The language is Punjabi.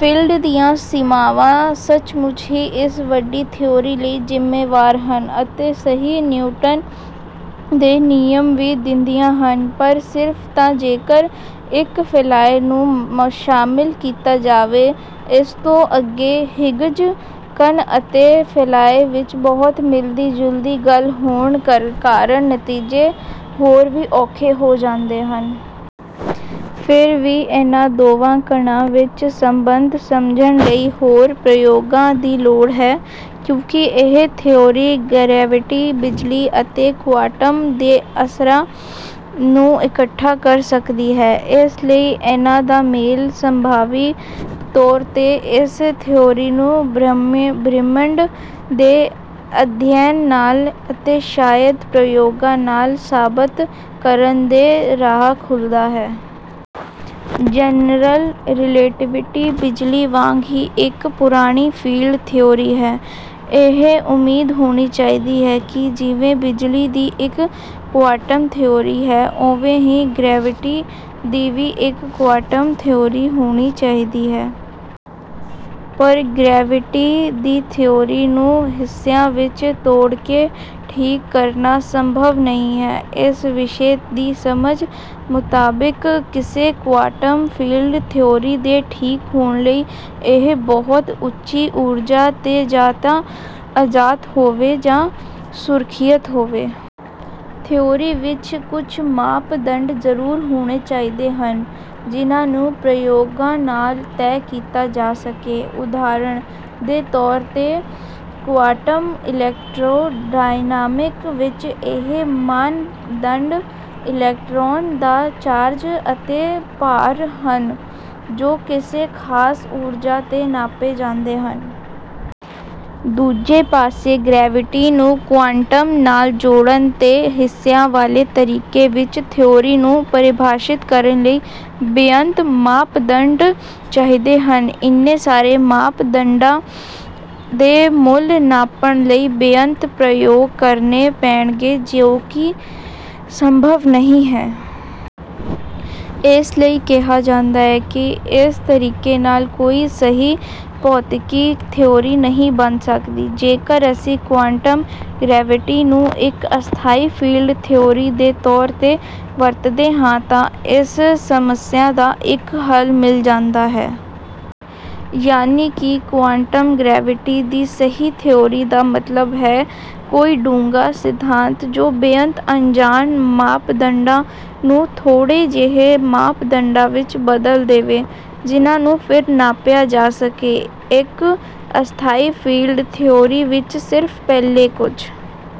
ਫੀਲਡ ਦੀਆਂ ਸੀਮਾਵਾਂ ਸੱਚਮੁੱਚ ਹੀ ਇਸ ਵੱਡੀ ਥਿਊਰੀ ਲਈ ਜਿੰਮੇਵਾਰ ਹਨ ਅਤੇ ਸਹੀ ਨਿਊਟਨ ਦੇ ਨਿਯਮ ਵੀ ਦਿੰਦੀਆਂ ਹਨ ਪਰ ਸਿਰਫ ਤਾਂ ਜੇਕਰ ਇੱਕ ਫੈਲਾਅ ਨੂੰ ਸ਼ਾਮਿਲ ਕੀਤਾ ਜਾਵੇ। ਇਸ ਤੋਂ ਅੱਗੇ ਹਿਗਜ਼ ਕਣ ਅਤੇ ਫੈਲਾਅ ਵਿੱਚ ਬਹੁਤ ਮਿਲਦੀ ਜੁਲਦੀ ਗੱਲ ਹੋਣ ਕਾਰਨ ਨਤੀਜੇ ਹੋਰ ਵੀ ਔਖੇ ਹੋ ਜਾਂਦੇ ਹਨ। ਫਿਰ ਵੀ ਇਨ੍ਹਾਂ ਦੋਵਾਂ ਕਣਾਂ ਵਿੱਚ ਸਬੰਧ ਸਮਝਣ ਲਈ ਹੋਰ ਪ੍ਰਯੋਗਾਂ ਦੀ ਲੋੜ ਹੈ। ਕਿਉਂਕਿ ਇਹ ਥਿਊਰੀ ਗਰੈਵਿਟੀ ਬਿਜਲੀ ਅਤੇ ਕੁਆਂਟਮ ਦੇ ਅਸਰਾਂ ਨੂੰ ਇਕੱਠਾ ਕਰ ਸਕਦੀ ਹੈ ਇਸ ਲਈ ਇਹਨਾਂ ਦਾ ਮੇਲ ਸੰਭਾਵੀ ਤੌਰ ਤੇ ਇਸ ਥਿਊਰੀ ਨੂੰ ਬ੍ਰਹਿਮੰਡ ਦੇ ਅਧਿਐਨ ਨਾਲ ਅਤੇ ਸ਼ਾਇਦ ਪ੍ਰਯੋਗਾਂ ਨਾਲ ਸਾਬਤ ਕਰਨ ਦੇ ਰਾਹ ਖੋਲ੍ਹਦਾ ਹੈ। ਜਨਰਲ ਰਿਲੇਟੀਵਿਟੀ ਬਿਜਲੀ ਵਾਂਗ ਹੀ ਇੱਕ ਪੁਰਾਣੀ ਫੀਲਡ ਥਿਊਰੀ ਹੈ। ਇਹ ਉਮੀਦ ਹੋਣੀ ਚਾਹੀਦੀ ਹੈ ਕਿ ਜਿਵੇਂ ਬਿਜਲੀ ਦੀ ਇੱਕ ਕੁਆਂਟਮ ਥਿਊਰੀ ਹੈ ਉਵੇਂ ਹੀ ਗਰੈਵਿਟੀ ਦੀ ਵੀ ਇੱਕ ਕੁਆਂਟਮ ਥਿਊਰੀ ਹੋਣੀ ਚਾਹੀਦੀ ਹੈ। ਪਰ ਗਰੈਵਿਟੀ ਦੀ ਥਿਊਰੀ ਨੂੰ ਹਿੱਸਿਆਂ ਵਿੱਚ ਤੋੜ ਕੇ ਠੀਕ ਕਰਨਾ ਸੰਭਵ ਨਹੀਂ ਹੈ। ਇਸ ਵਿਸ਼ੇ ਦੀ ਸਮਝ ਮੁਤਾਬਿਕ ਕਿਸੇ ਕੁਆਂਟਮ ਫੀਲਡ ਥਿਊਰੀ ਦੇ ਠੀਕ ਹੋਣ ਲਈ ਇਹ ਬਹੁਤ ਉੱਚੀ ਊਰਜਾ ਤੇ ਜਾਂ ਤਾਂ ਆਜ਼ਾਦ ਹੋਵੇ ਜਾਂ ਸੁਰੱਖਿਅਤ ਹੋਵੇ। ਥਿਊਰੀ ਵਿੱਚ ਕੁੱਝ ਮਾਪਦੰਡ ਜ਼ਰੂਰ ਹੋਣੇ ਚਾਹੀਦੇ ਹਨ ਜਿਨ੍ਹਾਂ ਨੂੰ ਪ੍ਰਯੋਗਾਂ ਨਾਲ ਤੈਅ ਕੀਤਾ ਜਾ ਸਕੇ। ਉਦਾਹਰਨ ਦੇ ਤੌਰ ਤੇ ਕੁਆਂਟਮ ਇਲੈਕਟ੍ਰੋਡਾਇਨਾਮਿਕਸ ਵਿੱਚ ਇਹ ਮਾਪਦੰਡ ਇਲੈਕਟ੍ਰੌਨ ਦਾ ਚਾਰਜ ਅਤੇ ਭਾਰ ਹਨ ਜੋ ਕਿਸੇ ਖਾਸ ਊਰਜਾ ਤੇ ਨਾਪੇ ਜਾਂਦੇ ਹਨ। ਦੂਜੇ ਪਾਸੇ ਗਰੈਵਿਟੀ ਨੂੰ ਕੁਆਂਟਮ ਨਾਲ ਜੋੜਨ ਤੇ ਹਿੱਸਿਆਂ ਵਾਲੇ ਤਰੀਕੇ ਵਿੱਚ ਥਿਊਰੀ ਨੂੰ ਪਰਿਭਾਸ਼ਿਤ ਕਰਨ ਲਈ ਬੇਅੰਤ ਮਾਪਦੰਡ ਚਾਹੀਦੇ ਹਨ। ਇੰਨੇ ਸਾਰੇ ਮਾਪਦੰਡਾਂ ਦੇ ਮੁੱਲ ਨਾਪਣ ਲਈ ਬੇਅੰਤ ਪ੍ਰਯੋਗ ਕਰਨੇ ਪੈਣਗੇ ਜੋ ਕਿ ਸੰਭਵ ਨਹੀਂ ਹੈ। ਇਸ ਲਈ ਕਿਹਾ ਜਾਂਦਾ ਹੈ ਕਿ ਇਸ ਤਰੀਕੇ ਨਾਲ ਕੋਈ ਸਹੀ ਭੌਤਿਕੀ ਥਿਊਰੀ ਨਹੀਂ ਬਣ ਸਕਦੀ। ਜੇਕਰ ਅਸੀਂ ਕੁਆਂਟਮ ਗਰੈਵਿਟੀ ਨੂੰ ਇੱਕ ਅਸਥਾਈ ਫੀਲਡ ਥਿਊਰੀ ਦੇ ਤੌਰ ਤੇ ਵਰਤਦੇ ਹਾਂ ਤਾਂ ਇਸ ਸਮੱਸਿਆ ਦਾ ਇੱਕ ਹੱਲ ਮਿਲ ਜਾਂਦਾ ਹੈ। ਯਾਨਿ ਕਿ ਕੁਆਂਟਮ ਗਰੈਵਿਟੀ ਦੀ ਸਹੀ ਥਿਊਰੀ ਦਾ ਮਤਲਬ ਹੈ ਕੋਈ ਡੂੰਘਾ ਸਿਧਾਂਤ ਜੋ ਬੇਅੰਤ ਅਣਜਾਣ ਮਾਪਦੰਡਾਂ ਨੂੰ ਥੋੜ੍ਹੇ ਜਿਹੇ ਮਾਪਦੰਡਾਂ ਵਿੱਚ ਬਦਲ ਦੇਵੇ ਜਿਨ੍ਹਾਂ ਨੂੰ ਫਿਰ ਨਾਪਿਆ ਜਾ ਸਕੇ। ਇੱਕ ਅਸਥਾਈ ਫੀਲਡ ਥਿਊਰੀ ਵਿੱਚ ਸਿਰਫ ਪਹਿਲੇ ਕੁੱਝ